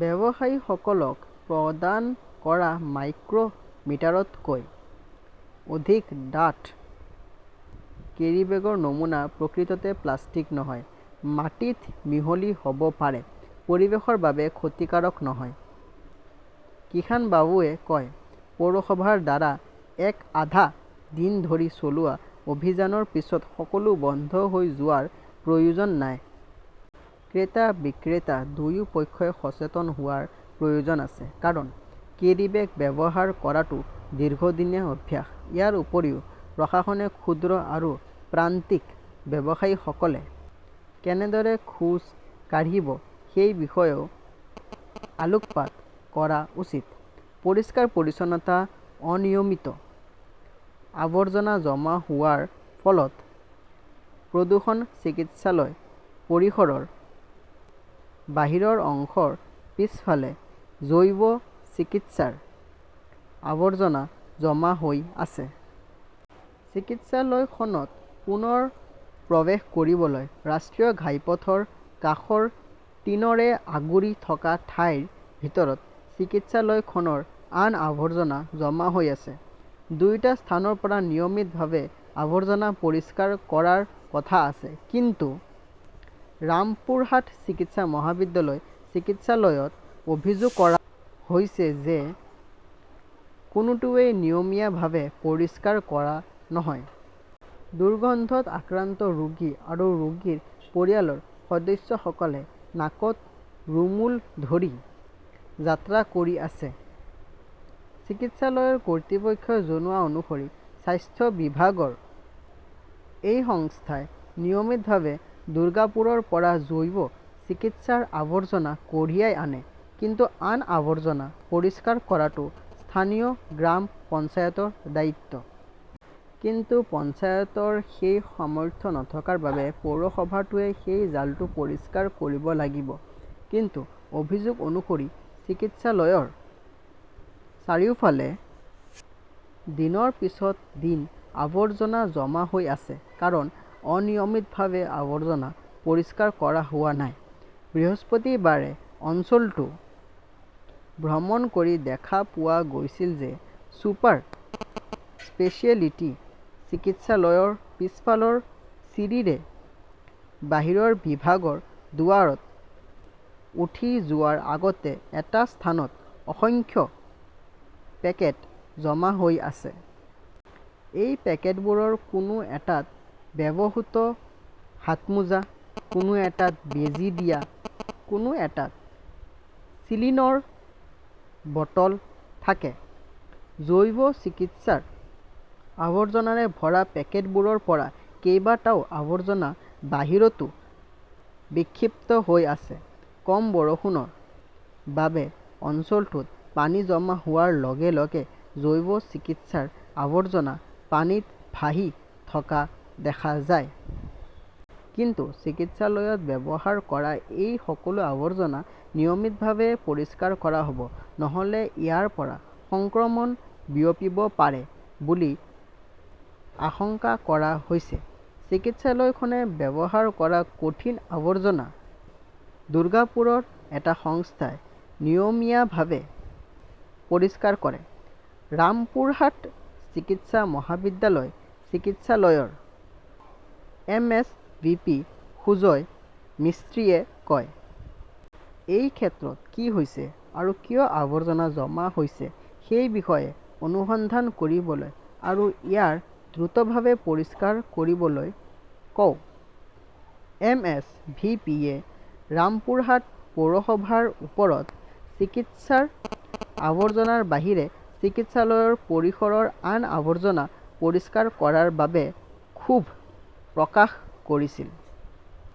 ব্যৱসায়ীসকলক প্ৰদান কৰা মাইক্ৰ মিটাৰতকৈ অধিক ডাঠ কেৰীবেগৰ নমুনা প্ৰকৃততে প্লাষ্টিক নহয়। মাটিত মিহলি হব পাৰে। পৰিৱেশৰ বাবে ক্ষতিকাৰক নহয়। কিষাণবাবুৱে কয়, পৌৰসভাৰ দ্বাৰা এক-আধা দিন ধৰি চলোৱা অভিযানৰ পিছত সকলো বন্ধ হৈ যোৱাৰ প্ৰয়োজন নাই। ক্ৰেতা-বিক্ৰেতা দুয়ো পক্ষই সচেতন হোৱাৰ প্ৰয়োজন আছে। কাৰণ, কেৰীবেগ ব্যৱহাৰ কৰাটো দীৰ্ঘদিনীয়া অভ্যাস। ইয়াৰ উপৰিও, প্ৰশাসনে ক্ষুদ্ৰ আৰু প্ৰান্তিক ব্যৱসায়ীসকলে কেনেদৰে খোজ কাঢ়িব সেই বিষয়েও আলোকপাত কৰা উচিত। পৰিষ্কাৰ-পৰিচ্ছন্নতা অনিয়মিত, আৱৰ্জনা জমা হোৱাৰ ফলত প্ৰদূষণ চিকিৎসালয় পৰিসৰৰ বাহিৰৰ অংশৰ পিছফালে জৈৱ চিকিৎসাৰ আৱৰ্জনা জমা হৈ আছে। চিকিৎসালয়খনত পুনৰ প্ৰৱেশ কৰিবলৈ ৰাষ্ট্ৰীয় ঘাইপথৰ কাষত টিনৰে আগুৰি থকা ঠাইৰ ভিতৰত চিকিৎসালয়খনৰ আন আৱৰ্জনা জমা হৈ আছে। দুয়োটা স্থানৰ পৰা নিয়মিতভাৱে আৱৰ্জনা পৰিষ্কাৰ কৰাৰ কথা আছে। কিন্তু ৰামপুৰহাট চিকিৎসা মহাবিদ্যালয় চিকিৎসালয়ত অভিযোগ কৰা হৈছে যে কোনোটোৱেই নিয়মীয়াভাৱে পৰিষ্কাৰ কৰা নহয়। দুৰ্গন্ধত আক্ৰান্ত ৰোগী আৰু ৰোগীৰ পৰিয়ালৰ সদস্যসকলে নাকত ৰুমুল ধৰি যাত্ৰা কৰি আছে। চিকিৎসালয়ৰ কৰ্তৃপক্ষই জনোৱা অনুসৰি স্বাস্থ্য বিভাগৰ এটা সংস্থাই নিয়মিতভাৱে দুৰ্গাপুৰৰ পৰা জৈৱ চিকিৎসাৰ আৱৰ্জনা কঢ়িয়াই আনে। কিন্তু আন আৱৰ্জনা পৰিষ্কাৰ কৰাটো স্থানীয় গ্ৰাম পঞ্চায়তৰ দায়িত্ব। কিন্তু পঞ্চায়তৰ সেই সামৰ্থ্য নথকাৰ বাবে পৌৰসভাটোৱে সেই জালটো পৰিষ্কাৰ কৰিব লাগিব। কিন্তু অভিযোগ অনুসৰি চিকিৎসালয়ৰ চাৰিওফালে দিনৰ পিছত দিন আৱৰ্জনা জমা হৈ আছে কাৰণ অনিয়মিতভাৱে আৱৰ্জনা পৰিষ্কাৰ কৰা হোৱা নাই। বৃহস্পতিবাৰে অঞ্চলটো ভ্ৰমণ কৰি দেখা পোৱা গৈছিল যে ছুপাৰ স্পেচিয়েলিটি চিকিৎসালয়ৰ পিছফালৰ চিৰিৰে বাহিৰৰ বিভাগৰ দুৱাৰত উঠি যোৱাৰ আগতে এটা স্থানত অসংখ্য পেকেট জমা হৈ আছে। সেই পেকেটবোৰৰ কোনো এটাত ব্যৱহৃত হাতমোজা, কোনো এটাত বেজী দিয়া, কোনো এটাত চিলিনৰ বটল থাকে। জৈৱ চিকিৎসাৰ আৱৰ্জনাৰে ভৰা পেকেটবোৰৰ পৰা কেইবাটাও আৱৰ্জনা বাহিৰতো বিক্ষিপ্ত হৈ আছে। কম বৰষুণৰ বাবে অঞ্চলটোত পানী জমা হোৱাৰ লগে-লগে জৈৱ চিকিৎসাৰ আৱৰ্জনা পানীত ভাহি থকা দেখা যায়। কিন্তু চিকিৎসালয়ত ব্যৱহাৰ কৰা এই সকলো আৱৰ্জনা নিয়মিতভাৱে পৰিষ্কাৰ কৰা হব। নহলে ইয়াৰ পৰা সংক্ৰমণ বিয়পিব পাৰে বুলি আশংকা কৰা হৈছে। চিকিৎসালয়খনে ব্যৱহাৰ কৰা কঠিন আৱৰ্জনা দুৰ্গাপুৰৰ এটা সংস্থাই নিয়মীয়াভাৱে পৰিষ্কাৰ কৰে, ৰামপুৰহাট চিকিৎসা মহাবিদ্যালয় চিকিৎসালয়ৰ এমএছভিপি সুজয় মিস্ত্ৰীয়ে কয়। এই ক্ষেত্ৰত কি হৈছে, আৰু কিয় আৱৰ্জনা জমা হৈছে সেই বিষয়ে অনুসন্ধান কৰিবলৈ আৰু ইয়াক দ্ৰুতভাৱে পৰিষ্কাৰ কৰিবলৈ কওঁ। এম. এছ. ভি. পি. -য়ে ৰামপুৰহাট পৌৰসভাৰ ওপৰত চিকিৎসাৰ আৱৰ্জনাৰ বাহিৰে চিকিৎসালয়ৰ পৰিসৰৰ আন আৱৰ্জনা পৰিষ্কাৰ কৰাৰ বাবে ক্ষোভ প্ৰকাশ কৰিছিল।